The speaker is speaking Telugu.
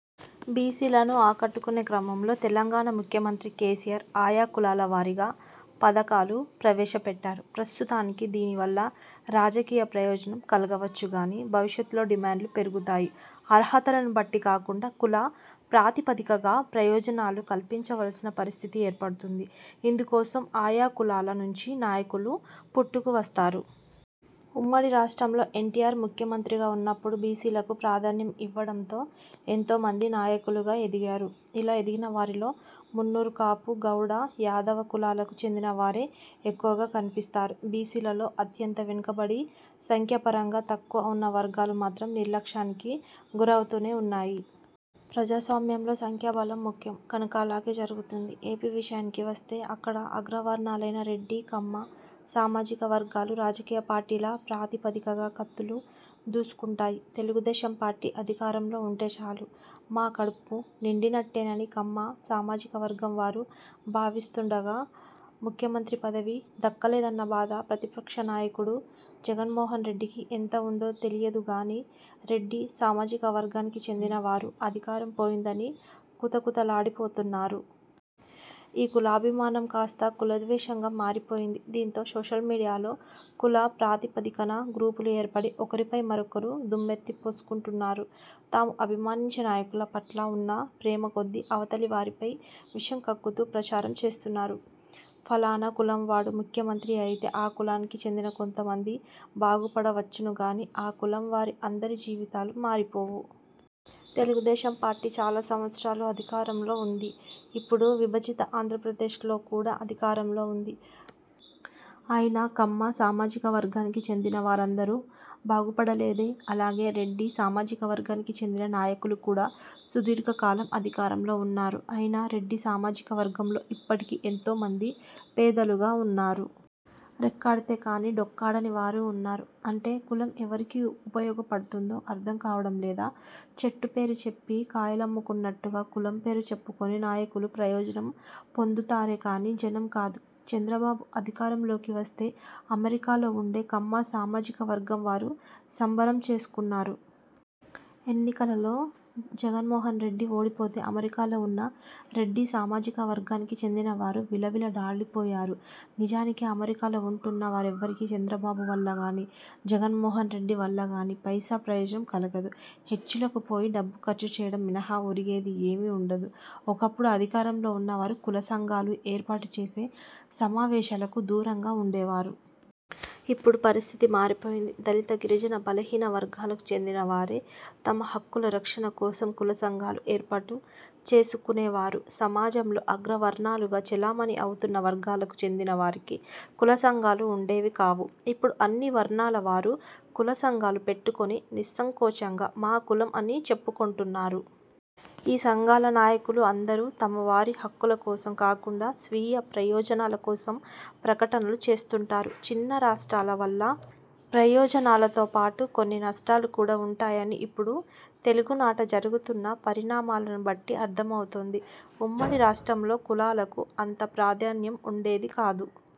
బీసీలను ఆకట్టుకునే క్రమంలో తెలంగాణ ముఖ్యమంత్రి కేసీఆర్ ఆయా కులాల వారీగా పథకాలు ప్రవేశపెట్టారు. ప్రస్తుతానికి దీనివల్ల రాజకీయ ప్రయోజనం కలగవచ్చుగానీ భవిష్యత్తులో డిమాండ్లు పెరుగుతాయి. అర్హతలను బట్టి కాకుండా కుల ప్రాతిపదికగా ప్రయోజనాలు కల్పించవలసిన పరిస్థితి ఏర్పడుతుంది. ఇందుకోసం ఆయా కులాల నుంచి నాయకులు పుట్టుకువస్తారు. ఉమ్మడి రాష్ట్రంలో ఎన్టీఆర్ ముఖ్యమంత్రిగా ఉన్నప్పుడు బీసీలకు ప్రాధాన్యం ఇవ్వడంతో ఎంతో మంది నాయకులుగా ఎదిగారు. ఇలా ఎదిగిన వారిలో మున్నూరు కాపు, గౌడ, యాదవ కులాలకు చెందినవారే ఎక్కువగా కనిపిస్తారు. బీసీలలో అత్యంత వెనుకబడి, సంఖ్యాపరంగా తక్కువ ఉన్న వర్గాలు మాత్రం నిర్లక్ష్యానికి గురవుతూనే ఉన్నాయి. ప్రజాస్వామ్యంలో సంఖ్యాబలం ముఖ్యం కనుక అలాగే జరుగుతుంది. ఏపీ విషయానికి వస్తే అక్కడ అగ్రవర్ణాలైన రెడ్డి, కమ్మ సామాజిక వర్గాలు రాజకీయ పార్టీల ప్రాతిపదికగా కత్తులు దూసుకుంటాయి. తెలుగుదేశం పార్టీ అధికారంలో ఉంటే చాలు- మా కడుపు నిండినట్టేనని కమ్మ సామాజిక వర్గం వారు భావిస్తుండగా, ముఖ్యమంత్రి పదవి దక్కలేదన్న బాధ ప్రతిపక్ష నాయకుడు జగన్మోహన్ రెడ్డికి ఎంత ఉందో తెలియదుగానీ రెడ్డి సామాజికవర్గానికి చెందిన వారు అధికారం పోయిందని కుతకుతలాడిపోతున్నారు. ఈ కులాభిమానం కాస్తా కులద్వేషంగా మారిపోయింది. దీంతో సోషల్ మీడియాలో కులప్రాతిపదికన గ్రూపులు ఏర్పడి ఒకరిపై మరొకరు దుమ్మెత్తి పోసుకుంటున్నారు. తాము అభిమానించే నాయకుల పట్ల ఉన్న ప్రేమకొద్దీ అవతలి వారిపై విషం కక్కుతూ ప్రచారం చేస్తున్నారు. ఫలానా కులంవాడు ముఖ్యమంత్రి అయితే ఆ కులానికి చెందిన కొంతమంది బాగుపడవచ్చునుగానీ, ఆ కులంవారి అందరి జీవితాలు మారిపోవు. తెలుగుదేశం పార్టీ చాలా సంవత్సరాలు అధికారంలో ఉంది. ఇప్పుడు విభజిత ఆంధ్రప్రదేశ్లో కూడా అధికారంలో ఉంది. అయినా కమ్మ సామాజిక వర్గానికి చెందిన వారందరూ బాగుపడలేదే? అలాగే రెడ్డి సామాజికవర్గానికి చెందిన నాయకులు కూడా సుదీర్ఘకాలం అధికారంలో ఉన్నారు. అయినా రెడ్డి సామాజికవర్గంలో ఇప్పటికీ ఎంతోమంది పేదలుగా ఉన్నారు. రెక్కాడితే కాని డొక్కాడని వారు ఉన్నారు. అంటే కులం ఎవరికి ఉపయోగపడుతుందో అర్థంకావడం లేదా? చెట్టు పేరు చెప్పి కాయలమ్ముకున్నట్టుగా కులం పేరు చెప్పుకొని నాయకులు ప్రయోజనం పొందుతారేకానీ జనం కాదు. చంద్రబాబు అధికారంలోకి వస్తే అమెరికాలో ఉండే కమ్మ సామాజిక వర్గంవారు సంబరం చేసుకున్నారు. ఎన్నికలలో జగన్మోహన్రెడ్డి ఓడిపోతే అమెరికాలో ఉన్న రెడ్డి సామాజికవర్గానికి చెందినవారు విలవిలలాడిపోయారు. నిజానికి అమెరికాలో ఉంటున్న వారెవ్వరికీ చంద్రబాబు వల్లగానీ, జగన్మోహన్రెడ్డి వల్లగానీ పైసా ప్రయోజనం కలగదు. హెచ్చులకు పోయి డబ్బు ఖర్చుచేయడం మినహా ఒరిగేది ఏమీ ఉండదు. ఒకప్పుడు అధికారంలో ఉన్నవారు కులసంఘాలు ఏర్పాటు చేసే సమావేశాలకు దూరంగా ఉండేవారు. ఇప్పుడు పరిస్థితి మారిపోయింది. దళిత, గిరిజన, బలహీన వర్గాలకు చెందినవారే తమ హక్కుల రక్షణ కోసం కుల సంఘాలు ఏర్పాటు చేసుకునేవారు. సమాజంలో అగ్రవర్ణాలుగా చెలామణి అవుతున్న వర్గాలకు చెందిన వారికి కులసంఘాలు ఉండేవి కావు. ఇప్పుడు అన్ని వర్ణాల వారూ కులసంఘాలు పెట్టుకుని నిస్సంకోచంగా 'మా కులం' అని చెప్పుకొంటున్నారు. ఈ సంఘాల నాయకులు అందరూ తమవారి హక్కుల కోసం కాకుండా స్వీయ ప్రయోజనాల కోసం ప్రకటనలు చేస్తుంటారు. చిన్న రాష్ర్టాల వల్ల ప్రయోజనాలతోపాటు కొన్ని నష్టాలు కూడా ఉంటాయని ఇప్పుడు తెలుగునాట జరుగుతున్న పరిణామాలను బట్టి అర్థమవుతుంది. ఉమ్మడి రాష్ట్రంలో కులాలకు అంత ప్రాధాన్యం ఉండేది కాదు.